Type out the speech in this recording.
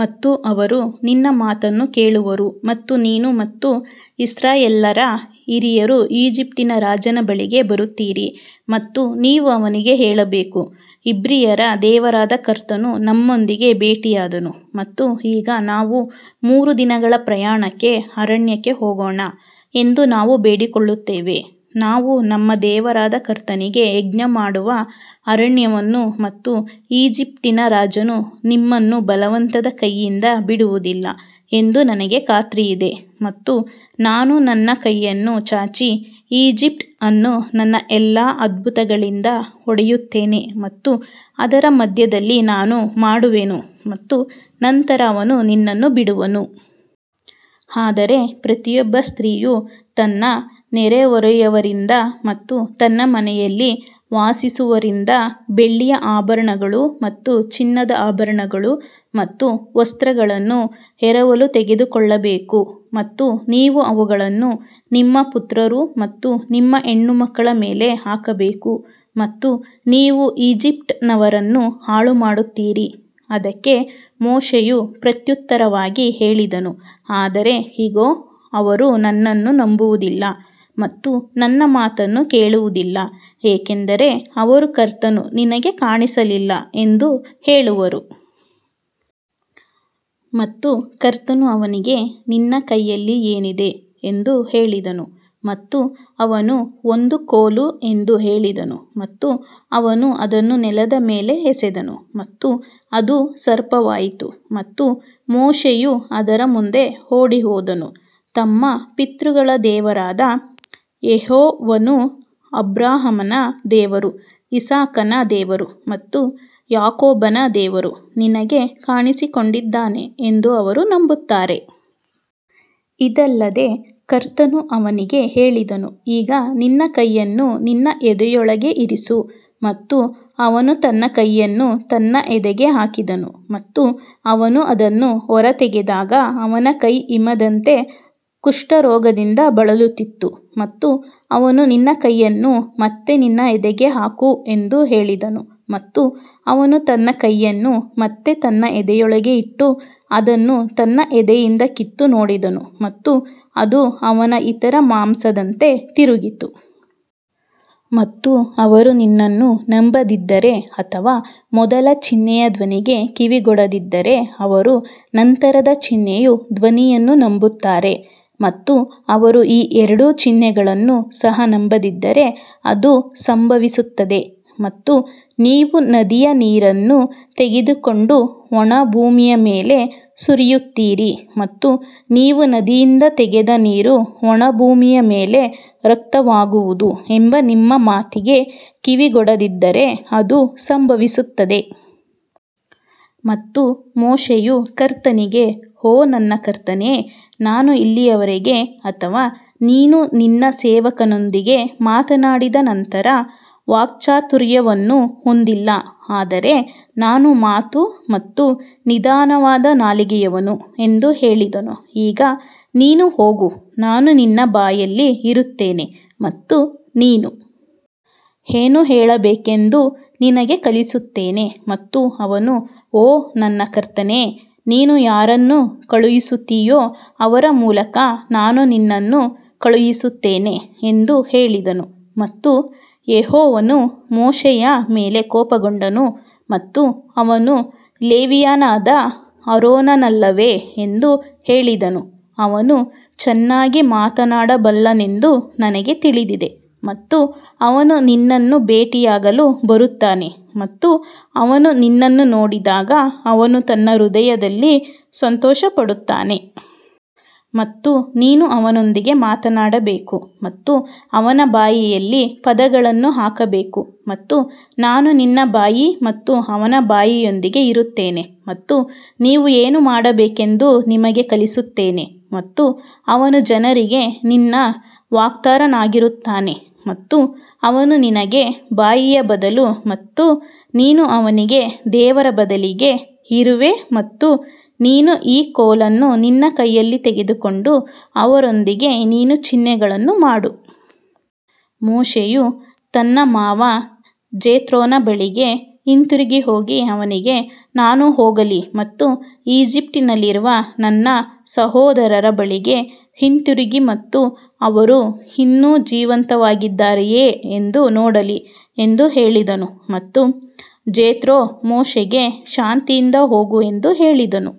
ಮತ್ತು ಅವರು ನಿನ್ನ ಮಾತನ್ನು ಕೇಳುವರು ಮತ್ತು ನೀನು ಮತ್ತು ಇಸ್ರಾಯೇಲ್ಯರ ಹಿರಿಯರು ಈಜಿಪ್ಟಿನ ರಾಜನ ಬಳಿಗೆ ಬರುತ್ತೀರಿ ಮತ್ತು ನೀವು ಅವನಿಗೆ ಹೇಳಬೇಕು ಇಬ್ರಿಯರ ದೇವರಾದ ಕರ್ತನು ನಮ್ಮೊಂದಿಗೆ ಭೇಟಿಯಾದನು ಮತ್ತು ಈಗ ನಾವು ಮೂರು ದಿನಗಳ ಪ್ರಯಾಣಕ್ಕೆ ಅರಣ್ಯಕ್ಕೆ ಹೋಗೋಣ ಎಂದು ನಾವು ಬೇಡಿಕೊಳ್ಳುತ್ತೇವೆ ನಾವು ನಮ್ಮ ದೇವರಾದ ಕರ್ತನಿಗೆ ಯಜ್ಞಮಾಡುವ ಅರಣ್ಯವನ್ನು ಮತ್ತು ಈಜಿಪ್ಟಿನ ರಾಜನು ನಿಮ್ಮನ್ನು ಬಲವಂತದ ಕೈಯಿಂದ ಬಿಡುವುದಿಲ್ಲ ಎಂದು ನನಗೆ ಖಾತ್ರಿಯಿದೆ ಮತ್ತು ನಾನು ನನ್ನ ಕೈಯನ್ನು ಚಾಚಿ ಈಜಿಪ್ಟ್ ಅನ್ನು ನನ್ನ ಎಲ್ಲಾ ಅದ್ಭುತಗಳಿಂದ ಹೊಡೆಯುತ್ತೇನೆ ಮತ್ತು ಅದರ ಮಧ್ಯದಲ್ಲಿ ನಾನು ಮಾಡುವೆನು ಮತ್ತು ನಂತರ ಅವನು ನಿನ್ನನ್ನು ಬಿಡುವನು. ಆದರೆ ಪ್ರತಿಯೊಬ್ಬ ಸ್ತ್ರೀಯು ತನ್ನ ನೆರೆಹೊರೆಯವರಿಂದ ಮತ್ತು ತನ್ನ ಮನೆಯಲ್ಲಿ ವಾಸಿಸುವರಿಂದ ಬೆಳ್ಳಿಯ ಆಭರಣಗಳು ಮತ್ತು ಚಿನ್ನದ ಆಭರಣಗಳು ಮತ್ತು ವಸ್ತ್ರಗಳನ್ನು ಎರವಲು ತೆಗೆದುಕೊಳ್ಳಬೇಕು ಮತ್ತು ನೀವು ಅವುಗಳನ್ನು ನಿಮ್ಮ ಪುತ್ರರು ಮತ್ತು ನಿಮ್ಮ ಹೆಣ್ಣುಮಕ್ಕಳ ಮೇಲೆ ಹಾಕಬೇಕು ಮತ್ತು ನೀವು ಈಜಿಪ್ಟಿನವರನ್ನು ಹಾಳುಮಾಡುತ್ತೀರಿ. ಅದಕ್ಕೆ ಮೋಶೆಯು ಪ್ರತ್ಯುತ್ತರವಾಗಿ ಹೇಳಿದನು ಆದರೆ ಇಗೋ ಅವರು ನನ್ನನ್ನು ನಂಬುವುದಿಲ್ಲ ಮತ್ತು ನನ್ನ ಮಾತನ್ನು ಕೇಳುವುದಿಲ್ಲ ಏಕೆಂದರೆ ಅವರು ಕರ್ತನು ನಿನಗೆ ಕಾಣಿಸಲಿಲ್ಲ ಎಂದು ಹೇಳುವರು. ಮತ್ತು ಕರ್ತನು ಅವನಿಗೆ ನಿನ್ನ ಕೈಯಲ್ಲಿ ಏನಿದೆ ಎಂದು ಹೇಳಿದನು ಮತ್ತು ಅವನು ಒಂದು ಕೋಲು ಎಂದು ಹೇಳಿದನು ಮತ್ತು ಅವನು ಅದನ್ನು ನೆಲದ ಮೇಲೆ ಎಸೆದನು ಮತ್ತು ಅದು ಸರ್ಪವಾಯಿತು ಮತ್ತು ಮೋಶೆಯು ಅದರ ಮುಂದೆ ಓಡಿಹೋದನು. ತಮ್ಮ ಪಿತೃಗಳ ದೇವರಾದ ಯೆಹೋವನು ಅಬ್ರಹಾಮನ ದೇವರು ಇಸಾಕನ ದೇವರು ಮತ್ತು ಯಾಕೋಬನ ದೇವರು ನಿನಗೆ ಕಾಣಿಸಿಕೊಂಡಿದ್ದಾನೆ ಎಂದು ಅವರು ನಂಬುತ್ತಾರೆ. ಇದಲ್ಲದೆ ಕರ್ತನು ಅವನಿಗೆ ಹೇಳಿದನು ಈಗ ನಿನ್ನ ಕೈಯನ್ನು ನಿನ್ನ ಎದೆಯೊಳಗೆ ಇರಿಸು ಮತ್ತು ಅವನು ತನ್ನ ಕೈಯನ್ನು ತನ್ನ ಎದೆಗೆ ಹಾಕಿದನು ಮತ್ತು ಅವನು ಅದನ್ನು ಹೊರತೆಗೆದಾಗ ಅವನ ಕೈ ಹಿಮದಂತೆ ಕುಷ್ಠರೋಗದಿಂದ ಬಳಲುತ್ತಿತ್ತು. ಮತ್ತು ಅವನು ನಿನ್ನ ಕೈಯನ್ನು ಮತ್ತೆ ನಿನ್ನ ಎದೆಗೆ ಹಾಕು ಎಂದು ಹೇಳಿದನು ಮತ್ತು ಅವನು ತನ್ನ ಕೈಯನ್ನು ಮತ್ತೆ ತನ್ನ ಎದೆಯೊಳಗೆ ಇಟ್ಟು ಅದನ್ನು ತನ್ನ ಎದೆಯಿಂದ ಕಿತ್ತು ನೋಡಿದನು ಮತ್ತು ಅದು ಅವನ ಇತರ ಮಾಂಸದಂತೆ ತಿರುಗಿತು. ಮತ್ತು ಅವರು ನಿನ್ನನ್ನು ನಂಬದಿದ್ದರೆ ಅಥವಾ ಮೊದಲ ಚಿಹ್ನೆಯ ಧ್ವನಿಗೆ ಕಿವಿಗೊಡದಿದ್ದರೆ ಅವರು ನಂತರದ ಚಿಹ್ನೆಯ ಧ್ವನಿಯನ್ನು ನಂಬುತ್ತಾರೆ. ಮತ್ತು ಅವರು ಈ ಎರಡು ಚಿಹ್ನೆಗಳನ್ನು ಸಹ ನಂಬದಿದ್ದರೆ ಅದು ಸಂಭವಿಸುತ್ತದೆ ಮತ್ತು ನೀವು ನದಿಯ ನೀರನ್ನು ತೆಗೆದುಕೊಂಡು ಒಣ ಭೂಮಿಯ ಮೇಲೆ ಸುರಿಯುತ್ತೀರಿ ಮತ್ತು ನೀವು ನದಿಯಿಂದ ತೆಗೆದ ನೀರು ಒಣ ಭೂಮಿಯ ಮೇಲೆ ರಕ್ತವಾಗುವುದು ಎಂಬ ನಿಮ್ಮ ಮಾತಿಗೆ ಕಿವಿಗೊಡದಿದ್ದರೆ ಅದು ಸಂಭವಿಸುತ್ತದೆ. ಮತ್ತು ಮೋಶೆಯು ಕರ್ತನಿಗೆ ಓ ನನ್ನ ಕರ್ತನೇ ನಾನು ಇಲ್ಲಿಯವರೆಗೆ ಅಥವಾ ನೀನು ನಿನ್ನ ಸೇವಕನೊಂದಿಗೆ ಮಾತನಾಡಿದ ನಂತರ ವಾಕ್ಚಾತುರ್ಯವನ್ನು ಹೊಂದಿಲ್ಲ ಆದರೆ ನಾನು ಮಾತು ಮತ್ತು ನಿಧಾನವಾದ ನಾಲಿಗೆಯವನು ಎಂದು ಹೇಳಿದನು. ಈಗ ನೀನು ಹೋಗು ನಾನು ನಿನ್ನ ಬಾಯಲ್ಲಿ ಇರುತ್ತೇನೆ ಮತ್ತು ನೀನು ಏನು ಹೇಳಬೇಕೆಂದು ನಿನಗೆ ಕಲಿಸುತ್ತೇನೆ ಮತ್ತು ಅವನು ಓ ನನ್ನ ಕರ್ತನೇ ನೀನು ಯಾರನ್ನು ಕಳುಹಿಸುತ್ತೀಯೋ ಅವರ ಮೂಲಕ ನಾನು ನಿನ್ನನ್ನು ಕಳುಹಿಸುತ್ತೇನೆ ಎಂದು ಹೇಳಿದನು ಮತ್ತು ಯೆಹೋವನು ಮೋಶೆಯ ಮೇಲೆ ಕೋಪಗೊಂಡನು ಮತ್ತು ಅವನು ಲೇವಿಯನಾದ ಆರೋನನಲ್ಲವೇ ಎಂದು ಹೇಳಿದನು ಅವನು ಚೆನ್ನಾಗಿ ಮಾತನಾಡಬಲ್ಲನೆಂದು ನನಗೆ ತಿಳಿದಿದೆ ಮತ್ತು ಅವನು ನಿನ್ನನ್ನು ಭೇಟಿಯಾಗಲು ಬರುತ್ತಾನೆ ಮತ್ತು ಅವನು ನಿನ್ನನ್ನು ನೋಡಿದಾಗ ಅವನು ತನ್ನ ಹೃದಯದಲ್ಲಿ ಸಂತೋಷಪಡುತ್ತಾನೆ. ಮತ್ತು ನೀನು ಅವನೊಂದಿಗೆ ಮಾತನಾಡಬೇಕು ಮತ್ತು ಅವನ ಬಾಯಿಯಲ್ಲಿ ಪದಗಳನ್ನು ಹಾಕಬೇಕು ಮತ್ತು ನಾನು ನಿನ್ನ ಬಾಯಿ ಮತ್ತು ಅವನ ಬಾಯಿಯೊಂದಿಗೆ ಇರುತ್ತೇನೆ ಮತ್ತು ನೀವು ಏನು ಮಾಡಬೇಕೆಂದು ನಿಮಗೆ ಕಲಿಸುತ್ತೇನೆ. ಮತ್ತು ಅವನು ಜನರಿಗೆ ನಿನ್ನ ವಕ್ತಾರನಾಗಿರುತ್ತಾನೆ ಮತ್ತು ಅವನು ನಿನಗೆ ಬಾಯಿಯ ಬದಲು ಮತ್ತು ನೀನು ಅವನಿಗೆ ದೇವರ ಬದಲಿಗೆ ಇರುವೆ ಮತ್ತು ನೀನು ಈ ಕೋಲನ್ನು ನಿನ್ನ ಕೈಯಲ್ಲಿ ತೆಗೆದುಕೊಂಡು ಅವರೊಂದಿಗೆ ನೀನು ಚಿಹ್ನೆಗಳನ್ನು ಮಾಡು. ಮೋಶೆಯು ತನ್ನ ಮಾವ ಜೆತ್ರೋನ ಬಳಿಗೆ ಹಿಂತಿರುಗಿ ಹೋಗಿ ಅವನಿಗೆ ನಾನು ಹೋಗಲಿ ಮತ್ತು ಈಜಿಪ್ಟಿನಲ್ಲಿರುವ ನನ್ನ ಸಹೋದರರ ಬಳಿಗೆ ಹಿಂತಿರುಗಿ ಮತ್ತು ಅವರು ಇನ್ನೂ ಜೀವಂತವಾಗಿದ್ದಾರೆಯೇ ಎಂದು ನೋಡಲಿ ಎಂದು ಹೇಳಿದನು ಮತ್ತು ಜೆತ್ರೋ ಮೋಶೆಗೆ ಶಾಂತಿಯಿಂದ ಹೋಗು ಎಂದು ಹೇಳಿದನು.